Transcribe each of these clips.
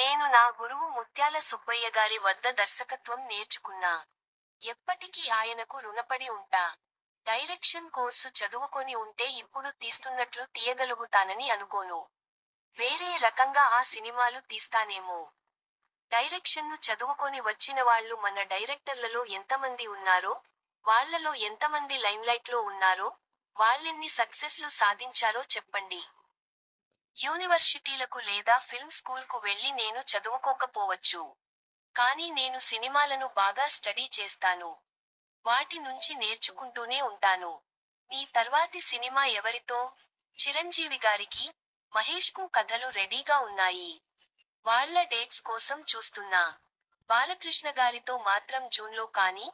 నేను నా గురువు ముత్యాల సుబ్బయ్యగారి వద్ద దర్శకత్వం నేర్చుకున్నా. ఎప్పటికీ ఆయనకు రుణపడి ఉంటా. డైరెక్షన్ కోర్సు చదువుకొని ఉంటే ఇప్పుడు తీస్తున్నట్లు తీయగలుగుతానని అనుకోను. వేరే రకంగా ఆ సినిమాలు తీస్తానేమో. డైరెక్షన్ను చదువుకొని వచ్చినవాళ్లు మన డైరెక్టర్లలో ఎంతమంది ఉన్నారో, వాళ్లలో ఎంతమంది లైమ్లైట్లో ఉన్నారో, వాళ్లెన్ని సక్సెస్లు సాధించారో చెప్పండి! యూనివర్శిటీలకు లేదా ఫిల్మ్ స్కూల్కు వెళ్లి నేను చదువుకోకపోవచ్చు. కానీ నేను సినిమాలను బాగా స్టడీ చేస్తాను. వాటి నుంచి నేర్చుకుంటూనే ఉంటాను. మీ తర్వాతి సినిమా ఎవరితో? చిరంజీవిగారికీ, మహేశ్కూ కథలు రెడీగా ఉన్నాయి. వాళ్ల డేట్స్ కోసం చూస్తున్నా. బాలకృష్ణగారితో మాత్రం జూన్లో కానీ,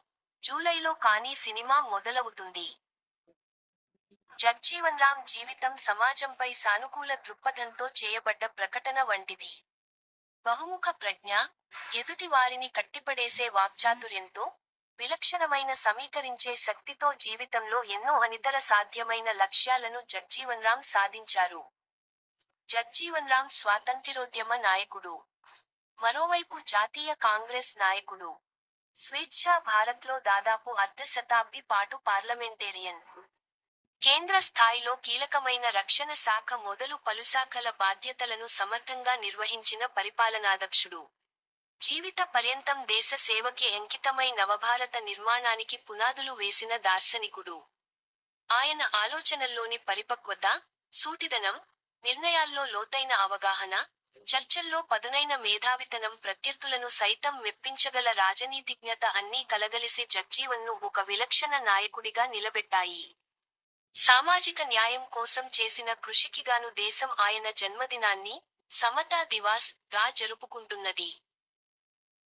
జూలైలో కానీ సినిమా మొదలవుతుంది. జగ్జీవన్రామ్ జీవితం సమాజంపై సానుకూల దృక్పథంతో చేయబడ్డ ప్రకటన వంటిది. బహుముఖ ప్రజ్ఞ, ఎదుటి వారిని కట్టిపడేసే వాక్చాతుర్యంతో, విలక్షణమైన సమీకరించే శక్తితో జీవితంలో ఎన్నో అనితర సాధ్యమైన లక్ష్యాలను జగ్జీవన్రామ్ సాధించారు. జగ్జీవన్రామ్ స్వాతంత్య్రోద్యమ నాయకుడు. మరోవైపు జాతీయ కాంగ్రెస్ నాయకుడు. స్వేచ్ఛా భారత్లో దాదాపు అర్ధ శతాబ్ది పాటు పార్లమెంటేరియన్. కేంద్ర స్థాయిలో కీలకమైన రక్షణ శాఖ మొదలు పలుశాఖల బాధ్యతలను సమర్థంగా నిర్వహించిన పరిపాలనాదక్షుడు. జీవిత పర్యంతం దేశ సేవకే అంకితమై నవభారత నిర్మాణానికి పునాదులు వేసిన దార్శనికుడు. ఆయన ఆలోచనల్లోని పరిపక్వత, సూటిదనం, నిర్ణయాల్లో లోతైన అవగాహన, చర్చల్లో పదునైన మేధావితనం ప్రత్యర్థులను సైతం మెప్పించగల రాజనీతిజ్ఞత అన్నీ కలగలిసి జగ్జీవన్ను ఒక విలక్షణ నాయకుడిగా నిలబెట్టాయి. సామాజిక న్యాయం కోసం చేసిన కృషికిగాను దేశం ఆయన జన్మదినాన్ని 'సమతా దివాస్' గా జరుపుకుంటున్నది.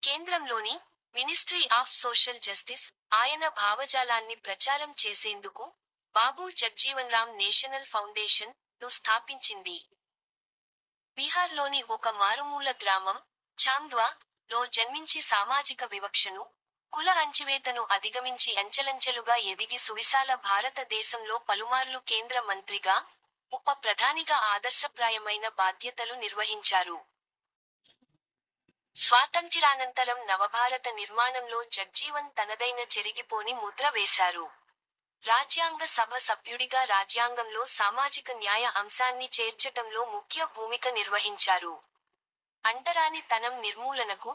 కేంద్రంలోని 'మినిస్ట్రీ ఆఫ్ సోషల్ జస్టిస్' ఆయన భావజాలాన్ని ప్రచారం చేసేందుకు 'బాబూ జగ్జీవన్రామ్ నేషనల్ ఫౌండేషన్'ను స్థాపించింది. బీహార్లోని ఒక మారుమూల గ్రామం 'ఛాంద్వ'లో జన్మించి సామాజిక వివక్షను, కుల అణచివేతను అధిగమించి అంచెలంచెలుగా ఎదిగి సువిశాల భారత దేశంలో పలుమార్లు కేంద్ర మంత్రిగా, ఉప ప్రధానిగా ఆదర్శప్రాయమైన బాధ్యతలు నిర్వహించారు. స్వాతంత్య్రానంతరం నవభారత నిర్మాణంలో జగ్జీవన్ తనదైన చెరిగిపోని ముద్ర వేశారు. రాజ్యాంగ సభ సభ్యుడిగా రాజ్యాంగంలో సామాజిక న్యాయ అంశాన్ని చేర్చటంలో ముఖ్య భూమిక నిర్వహించారు. అంటరాని తనం నిర్మూలనకు,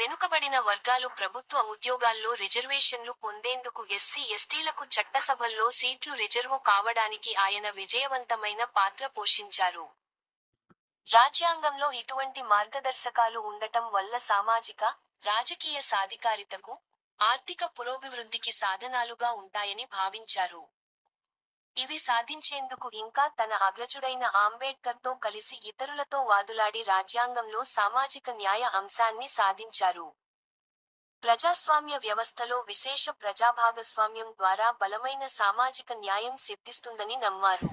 వెనుకబడిన వర్గాలు ప్రభుత్వ ఉద్యోగాల్లో రిజర్వేషన్లు పొందేందుకు ఎస్సీ ఎస్టీలకు చట్టసభల్లో సీట్లు రిజర్వు కావడానికి ఆయన విజయవంతమైన పాత్ర పోషించారు. రాజ్యాంగంలో ఇటువంటి మార్గదర్శకాలు ఉండటం వల్ల సామాజిక -రాజకీయ సాధికారితకు, ఆర్థిక పురోభివృద్ధికి సాధనాలుగా ఉంటాయని భావించారు. ఇవి సాధించేందుకు ఇంకా తన అగ్రజుడైన ఆంబేడ్కర్తో కలిసి ఇతరులతో వాదులాడి రాజ్యాంగంలో సామాజిక న్యాయ అంశాన్ని సాధించారు. ప్రజాస్వామ్య వ్యవస్థలో విశేష ప్రజాభాగస్వామ్యం ద్వారా బలమైన సామాజిక న్యాయం సిద్ధిస్తుందని నమ్మారు.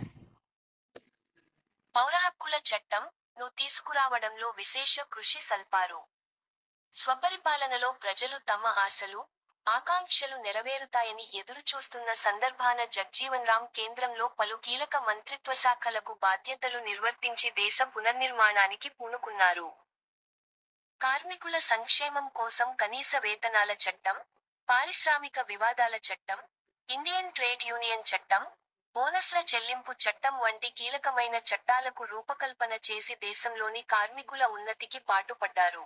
పౌరహక్కుల చట్టం– ను తీసుకురావడంలో విశేష కృషి సల్పారు. స్వపరిపాలనలో ప్రజలు తమ ఆశలు, ఆకాంక్షలు నెరవేరుతాయని ఎదురుచూస్తున్న సందర్భాన జగ్జీవన్రామ్ కేంద్రంలో పలు కీలక మంత్రిత్వశాఖలకు బాధ్యతలు నిర్వర్తించి దేశ పునర్నిర్మాణానికి పూనుకున్నారు. కార్మికుల సంక్షేమం కోసం కనీస వేతనాల చట్టం, పారిశ్రామిక వివాదాల చట్టం, ఇండియన్ ట్రేడ్ యూనియన్ చట్టం, బోనస్ల చెల్లింపు చట్టం వంటి కీలకమైన చట్టాలకు రూపకల్పన చేసి దేశంలోని కార్మికుల ఉన్నతికి పాటుపడ్డారు.